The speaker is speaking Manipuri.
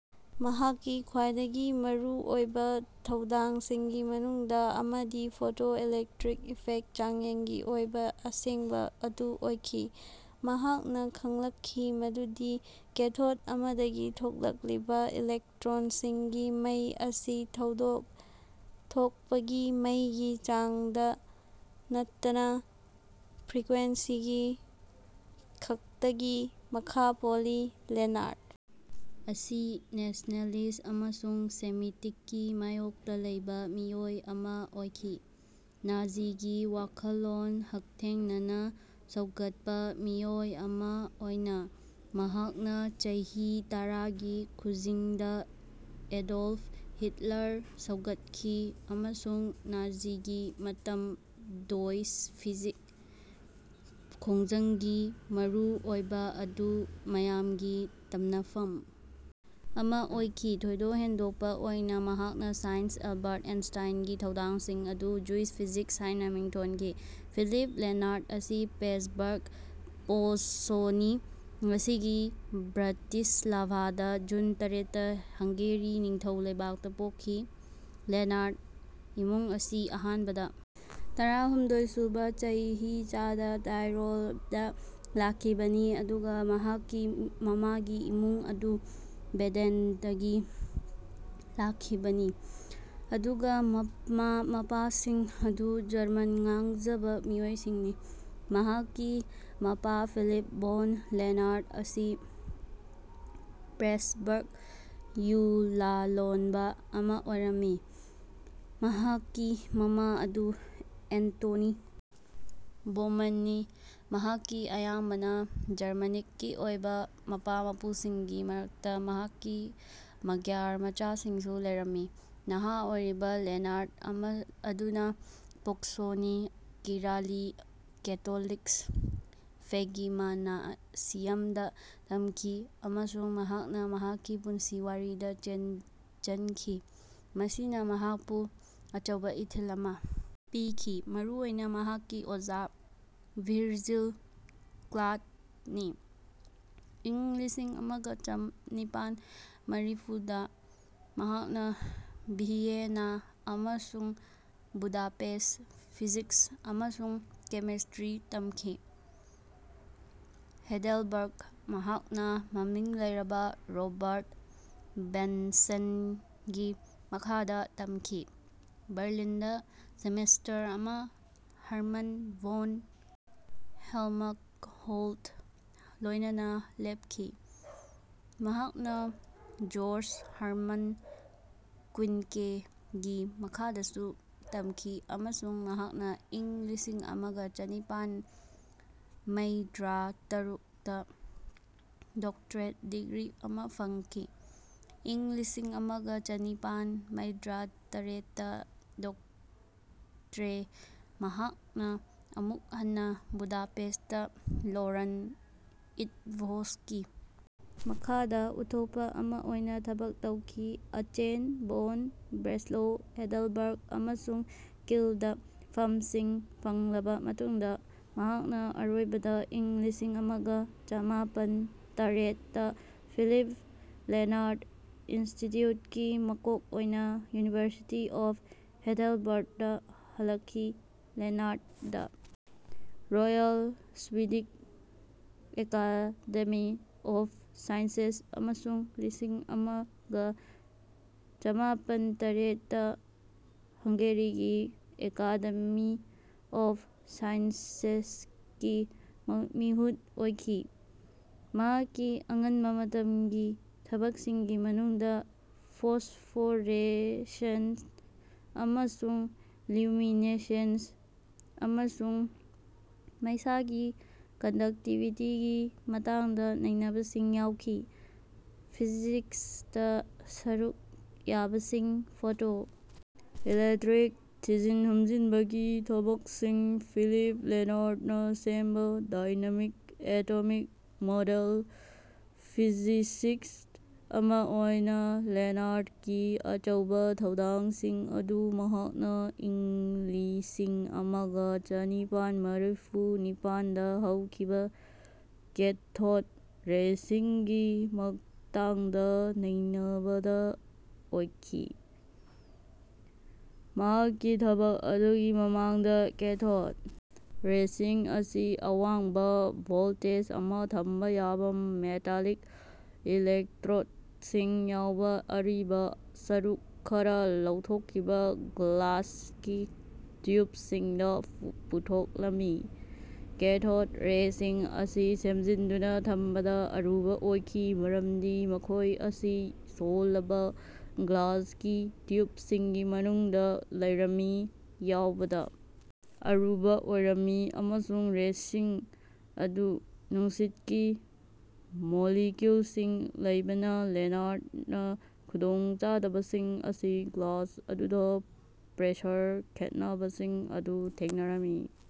ꯃꯍꯥꯛꯀꯤ ꯈ꯭ꯋꯥꯏꯗꯒꯤ ꯃꯔꯨꯑꯣꯏꯕ ꯊꯧꯗꯥꯡꯁꯤꯡꯒꯤ ꯃꯅꯨꯡꯗ ꯑꯃꯗꯤ ꯐꯣꯇꯣ ꯏꯂꯦꯛꯇ꯭ꯔꯤꯛ ꯏꯐꯦꯛ ꯆꯥꯡꯌꯦꯡꯒꯤ ꯑꯣꯏꯕ ꯑꯁꯦꯡꯕ ꯑꯗꯨ ꯑꯣꯏꯈꯤ꯫ ꯃꯍꯥꯛꯅ ꯈꯪꯂꯛꯈꯤ ꯃꯗꯨꯗꯤ ꯀꯦꯊꯣꯗ ꯑꯃꯗꯒꯤ ꯊꯣꯛꯂꯛꯂꯤꯕ ꯏꯂꯦꯛꯇ꯭ꯔꯣꯟꯁꯤꯡꯒꯤ ꯃꯩ ꯑꯁꯤ ꯊꯧꯗꯣꯛ ꯊꯣꯛꯄꯒꯤ ꯃꯩꯒꯤ ꯆꯥꯡꯗ ꯅꯠꯇꯅ ꯐ꯭ꯔꯤꯀ꯭ꯋꯦꯟꯁꯤ ꯈꯛꯇꯒꯤ ꯃꯈꯥ ꯄꯣꯜꯂꯤ꯫ ꯂꯦꯅꯥꯔ꯭ꯗ ꯑꯁꯤ ꯅꯦꯁꯅꯦꯂꯤꯁ ꯑꯃꯁꯨꯡ ꯁꯦꯃꯤꯇꯤꯛꯀꯤ ꯃꯥꯌꯣꯛꯇ ꯂꯩꯕ ꯃꯤꯑꯣꯏ ꯑꯃꯥ ꯑꯣꯏꯈꯤ꯫ ꯅꯥꯖꯤꯒꯤ ꯋꯥꯈꯜꯂꯣꯟ ꯍꯛꯊꯦꯡꯅꯅ ꯁꯧꯒꯠꯄ ꯃꯤꯑꯣꯏ ꯑꯃꯥ ꯑꯣꯏꯅ, ꯃꯍꯥꯛꯅ ꯆꯩꯍꯤ ꯇꯔꯥꯒꯤ ꯈꯨꯖꯤꯡꯗ ꯑꯦꯗꯣꯜꯐ ꯍꯤꯠꯂꯔ ꯁꯧꯒꯠꯈꯤ ꯑꯃꯁꯨꯡ ꯅꯥꯖꯤꯒꯤ ꯃꯇꯝ "ꯗꯣꯏꯆ ꯐꯤꯖꯤꯛ" ꯈꯣꯡꯖꯪꯒꯤ ꯃꯔꯨꯑꯣꯏꯕ ꯑꯗꯨ ꯃꯌꯥꯝꯒꯤ ꯇꯝꯅꯐꯝ ꯑꯃꯥ ꯑꯣꯏꯈꯤ꯫ ꯊꯣꯏꯗꯣꯛꯍꯦꯟꯗꯣꯛꯄ ꯑꯣꯏꯅ ꯃꯍꯥꯛꯅ ꯁꯥꯏꯟꯁ ꯑꯦꯜꯕꯥꯔꯠ ꯑꯥꯏꯟꯁꯇꯥꯏꯟꯒꯤ ꯊꯧꯗꯥꯡꯁꯤꯡ ꯑꯗꯨ "ꯖꯨꯏꯁ ꯐꯤꯖꯤꯛꯁ" ꯍꯥꯏꯅ ꯃꯤꯡꯊꯣꯟꯈꯤ꯫ ꯐꯤꯂꯤꯞ ꯂꯦꯅꯥꯔ꯭ꯗ ꯑꯁꯤ ꯄ꯭ꯔꯦꯁꯕꯔ꯭ꯒ ꯄꯣꯖꯁꯣꯅꯤ, ꯉꯁꯤꯒꯤ ꯕ꯭ꯔꯥꯇꯤꯁꯂꯥꯚꯥ ꯗ ꯖꯨꯟ ꯇꯔꯦꯠ ꯇ ꯍꯪꯒꯦꯔꯤ ꯅꯤꯡꯊꯧ ꯂꯩꯕꯥꯛꯇ ꯄꯣꯛꯈꯤ꯫ ꯂꯦꯅꯥꯔ꯭ꯗ ꯏꯃꯨꯡ ꯑꯁꯤ ꯑꯍꯥꯟꯕꯗ ꯇꯔꯥꯍꯨꯝꯗꯣꯢ ꯁꯨꯕ ꯆꯩꯍꯤꯆꯥꯗ ꯇꯥꯏꯔꯣꯜ ꯗ ꯂꯥꯛꯈꯤꯕꯅꯤ ꯑꯗꯨꯒ ꯃꯍꯥꯛꯀꯤ ꯃꯃꯥꯒꯤ ꯏꯃꯨꯡ ꯑꯗꯨ ꯕꯦꯗꯦꯟꯗꯒꯤ ꯂꯥꯛꯈꯤꯕꯅꯤ ꯑꯗꯨꯒ ꯃꯃꯥ-ꯃꯄꯥꯁꯤꯡ ꯑꯗꯨ ꯖꯔꯃꯟ ꯉꯥꯡꯖꯕ ꯃꯤꯑꯣꯏꯁꯤꯡꯅꯤ꯫ ꯃꯍꯥꯛꯀꯤ ꯃꯄꯥ ꯐꯤꯂꯤꯞ ꯚꯣꯟ ꯂꯦꯅꯥꯔ꯭ꯗ ꯑꯁꯤ ꯄ꯭ꯔꯦꯁꯕꯔ꯭ꯒ ꯌꯨ-ꯂꯂꯣꯟꯕ ꯑꯃ ꯑꯣꯏꯔꯝꯃꯤ꯫ ꯃꯍꯥꯛꯀꯤ ꯃꯃꯥ ꯑꯗꯨ ꯑꯦꯟꯇꯣꯅꯤ ꯕꯣꯃꯟ ꯅꯤ꯫ ꯃꯍꯥꯛꯀꯤ ꯑꯌꯥꯝꯕꯅ ꯖꯔꯃꯅꯤꯛꯀꯤ ꯑꯣꯏꯕ ꯃꯄꯥ-ꯃꯄꯨꯁꯤꯡꯒꯤ ꯃꯔꯛꯇ ꯃꯍꯥꯛꯀꯤ ꯃꯒ꯭ꯌꯥꯔ ꯃꯆꯥꯁꯤꯡꯁꯨ ꯂꯩꯔꯝꯃꯤ꯫ ꯅꯍꯥ ꯑꯣꯏꯔꯤꯕ ꯂꯦꯅꯥꯔ꯭ꯗ ꯑꯃ ꯑꯗꯨꯅ ꯄꯣꯖꯁꯣꯅꯤ ꯀꯤꯔꯥꯂꯤ ꯀꯦꯇꯣꯂꯤꯛꯁ ꯐꯦꯒꯤꯃꯅꯥꯁꯤꯌꯝ ꯗ ꯇꯝꯈꯤ ꯑꯃꯁꯨꯡ ꯃꯍꯥꯛꯅ ꯃꯍꯥꯛꯀꯤ ꯄꯨꯟꯁꯤ ꯋꯥꯔꯤꯗ ꯆꯦꯟꯖꯟꯈꯤ ꯃꯁꯤꯅ ꯃꯍꯥꯛꯄꯨ ꯑꯆꯧꯕ ꯏꯊꯤꯜ ꯑꯃꯥ ꯄꯤꯈꯤ ꯃꯔꯨꯑꯣꯏꯅ ꯃꯍꯥꯛꯀꯤ ꯑꯣꯖꯥ ꯚꯤꯔꯖꯤꯜ ꯀ꯭ꯂꯥꯠꯇ ꯅꯤ꯫ ꯏꯪ ꯂꯤꯁꯤꯡ ꯑꯃꯒ ꯆꯥꯅꯤꯄꯥꯟ ꯃꯔꯤꯐꯨꯗ ꯃꯍꯥꯛꯅ ꯚꯤꯌꯦꯅꯥ ꯑꯃꯁꯨꯡ ꯕꯨꯗꯥꯄꯦꯁꯠ ꯐꯤꯖꯤꯛꯁ ꯑꯃꯁꯨꯡ ꯀꯦꯃꯤꯁꯇ꯭ꯔꯤ ꯇꯝꯈꯤ꯫ ꯍꯦꯗꯦꯜꯕꯔ꯭ꯒ ꯃꯍꯥꯛꯅ ꯃꯃꯤꯡ ꯂꯩꯔꯕ ꯔꯣꯕꯥꯔꯠ ꯕꯟꯁꯦꯟꯒꯤ ꯃꯈꯥꯗ ꯇꯝꯈꯤ꯫ ꯕꯔꯂꯤꯟꯗ ꯁꯦꯃꯦꯁꯇꯔ ꯑꯃꯥ ꯍꯔꯃꯟ ꯚꯣꯟ ꯍꯦꯜꯃꯍꯣꯜꯀ ꯂꯣꯏꯅꯅ ꯂꯦꯞꯈꯤ꯫ ꯃꯍꯥꯛꯅ ꯖꯣꯔ꯭ꯖ ꯍꯔꯃꯟ ꯀ꯭ꯋꯤꯟꯀꯦ ꯒꯤ ꯃꯈꯥꯗꯁꯨ ꯇꯝꯈꯤ ꯑꯃꯁꯨꯡ ꯃꯍꯥꯛꯅ ꯏꯪ ꯂꯤꯁꯤꯡꯑꯃꯒ ꯆꯥꯅꯤꯄꯥꯟ ꯃꯩꯗ꯭ꯔꯥꯇꯔꯨꯛ ꯇ ꯗꯣꯛꯇ꯭ꯔꯦꯠ ꯗꯤꯒ꯭ꯔꯤ ꯑꯃꯥ ꯐꯪꯈꯤ꯫ ꯏꯪ ꯂꯤꯁꯤꯡꯑꯃꯒ ꯆꯥꯅꯤꯄꯥꯟ ꯃꯩꯗ꯭ꯔꯥꯇꯔꯦꯠ ꯇ ꯗꯣꯛꯇ꯭ꯔꯦ ꯃꯍꯥꯛꯅ ꯑꯃꯨꯛ ꯍꯟꯅ ꯕꯨꯗꯥꯄꯦꯁꯠꯇ ꯂꯣꯔꯥꯟ ꯏꯠꯚꯣꯁꯀꯤ ꯃꯈꯥꯗ ꯎꯠꯊꯣꯛꯄ ꯑꯃ ꯑꯣꯏꯅ ꯊꯕꯛ ꯇꯧꯈꯤ꯫ ꯑꯥꯆꯦꯟ, ꯕꯣꯟ, ꯕ꯭ꯔꯦꯁꯂꯣ, ꯍꯦꯗꯦꯜꯕꯔ꯭ꯒ, ꯑꯃꯁꯨꯡ ꯀꯤꯜ ꯗ ꯐꯝꯁꯤꯡ ꯐꯪꯂꯕ ꯃꯇꯨꯡꯗ, ꯃꯍꯥꯛꯅ ꯑꯔꯣꯏꯕꯗ ꯏꯪ ꯂꯤꯁꯤꯡꯑꯃꯒ ꯆꯥꯃꯄꯟꯇꯔꯦꯠ ꯗ ꯐꯤꯂꯤꯞ ꯂꯦꯅꯥꯔ꯭ꯗ ꯏꯟꯁꯇꯤꯇ꯭ꯌꯨꯠꯀꯤ ꯃꯀꯣꯛ ꯑꯣꯏꯅ ꯌꯨꯅꯤꯚꯔꯁꯤꯇꯤ ꯑꯣꯐ ꯍꯦꯗꯦꯜꯕꯔꯗ ꯍꯜꯂꯛꯈꯤ꯫ Lenard the Royal Swedish Academy of Sciences ꯑꯃꯁꯨꯡ ꯂꯤꯁꯤꯡꯑꯃꯒ ꯆꯥꯃꯄꯟꯇꯔꯦꯠ ꯗ ꯍꯪꯒꯦꯔꯤꯒꯤ ꯑꯦꯀꯥꯗꯦꯃꯤ ꯑꯣꯐ ꯁꯥꯏꯁꯦꯟꯁꯀꯤ ꯃꯤꯍꯨꯠ ꯑꯣꯏꯈꯤ꯫ ꯃꯍꯥꯛꯀꯤ ꯑꯉꯟꯕ ꯃꯇꯝꯒꯤ ꯊꯕꯛꯁꯤꯡꯒꯤ ꯃꯅꯨꯡꯗ ꯐꯣꯁꯐꯣꯔꯦꯁꯟꯁ ꯑꯃꯁꯨꯡ ꯂꯤꯎꯃꯤꯅꯦꯁꯟꯁ ꯑꯃꯁꯨꯡ ꯃꯩꯁꯥꯒꯤ ꯀꯟꯗꯛꯇꯤꯚꯤꯇꯤꯒꯤ ꯃꯇꯥꯡꯗ ꯅꯩꯅꯕꯁꯤꯡ ꯌꯥꯎꯈꯤ꯫ ꯐꯤꯖꯤꯛꯁꯇ ꯁꯔꯨꯛ ꯌꯥꯕꯁꯤꯡ ꯐꯣꯇꯣ ꯏꯂꯦꯛꯇ꯭ꯔꯤꯛ ꯊꯤꯖꯤꯟ-ꯍꯨꯝꯖꯤꯟꯕꯒꯤ ꯊꯕꯛꯁꯤꯡ ꯐꯤꯂꯤꯞ ꯂꯦꯅꯥꯔ꯭ꯗꯅ ꯁꯦꯝꯕ ꯗꯥꯏꯅꯥꯃꯤꯛ ꯑꯦꯇꯣꯃꯤꯛ ꯃꯣꯗꯦꯜ ꯐꯤꯖꯤꯁꯤꯁꯠ ꯑꯃꯥ ꯑꯣꯏꯅ ꯂꯦꯅꯥꯔ꯭ꯗꯀꯤ ꯑꯆꯧꯕ ꯊꯧꯗꯥꯡꯁꯤꯡ ꯑꯗꯨ ꯃꯍꯥꯛꯅ ꯏꯪꯂꯤꯁꯤꯡꯑꯃꯒ ꯆꯥꯅꯤꯄꯥꯟ ꯃꯔꯤꯐꯨ ꯅꯤꯄꯥꯟ ꯗ ꯍꯧꯈꯤꯕ ꯀꯦꯊꯣꯗ ꯔꯦꯁꯤꯡꯒꯤ ꯃꯇꯥꯡꯗ ꯅꯩꯅꯕꯗ ꯑꯣꯏꯈꯤ꯫ ꯃꯍꯥꯛꯀꯤ ꯊꯕꯛ ꯑꯗꯨꯒꯤ ꯃꯃꯥꯡꯗ ꯀꯦꯊꯣꯗ ꯔꯦꯁꯤꯡ ꯑꯁꯤ ꯑꯋꯥꯡꯕ ꯚꯣꯜꯇꯦꯖ ꯑꯃ ꯊꯝꯕ ꯌꯥꯕ ꯃꯦꯇꯥꯂꯤꯛ ꯏꯂꯦꯛꯇ꯭ꯔꯣꯗꯁꯤꯡ ꯌꯥꯎꯕ ꯑꯔꯤꯕ, ꯁꯔꯨꯛ ꯈꯔ ꯂꯧꯊꯣꯛꯈꯤꯕ ꯒ꯭ꯂꯥꯁꯀꯤ ꯇ꯭ꯌꯨꯞꯁꯤꯡꯗ ꯄꯨꯊꯣꯛꯂꯝꯃꯤ꯫ ꯀꯦꯊꯣꯗ ꯔꯦꯁꯤꯡ ꯑꯁꯤ ꯁꯦꯝꯖꯤꯟꯗꯨꯅ ꯊꯝꯕꯗ ꯑꯔꯨꯕ ꯑꯣꯏꯈꯤ ꯃꯔꯝꯗꯤ ꯃꯈꯣꯏ ꯑꯁꯤ ꯁꯣꯜꯂꯕ ꯒ꯭ꯂꯥꯁꯀꯤ ꯇ꯭ꯌꯨꯞꯁꯤꯡꯒꯤ ꯃꯅꯨꯡꯗ ꯂꯩꯔꯝꯃꯤ, ꯌꯧꯕꯗ ꯑꯔꯨꯕ ꯑꯣꯏꯔꯝꯃꯤ ꯑꯃꯁꯨꯡ ꯔꯦꯁꯤꯡ ꯑꯗꯨ ꯅꯨꯡꯁꯤꯠꯀꯤ ꯃꯣꯂꯤꯀꯨꯜꯁꯤꯡ ꯂꯩꯕꯅ ꯂꯦꯅꯥꯔ꯭ꯗꯅ ꯈꯨꯗꯣꯡꯆꯥꯗꯕꯁꯤꯡ ꯑꯁꯤ ꯒ꯭ꯂꯥꯁ ꯑꯗꯨꯗ ꯄ꯭ꯔꯦꯁꯔ ꯈꯦꯠꯅꯕꯁꯤꯡ ꯑꯗꯨ ꯊꯦꯡꯅꯔꯝꯃꯤ꯫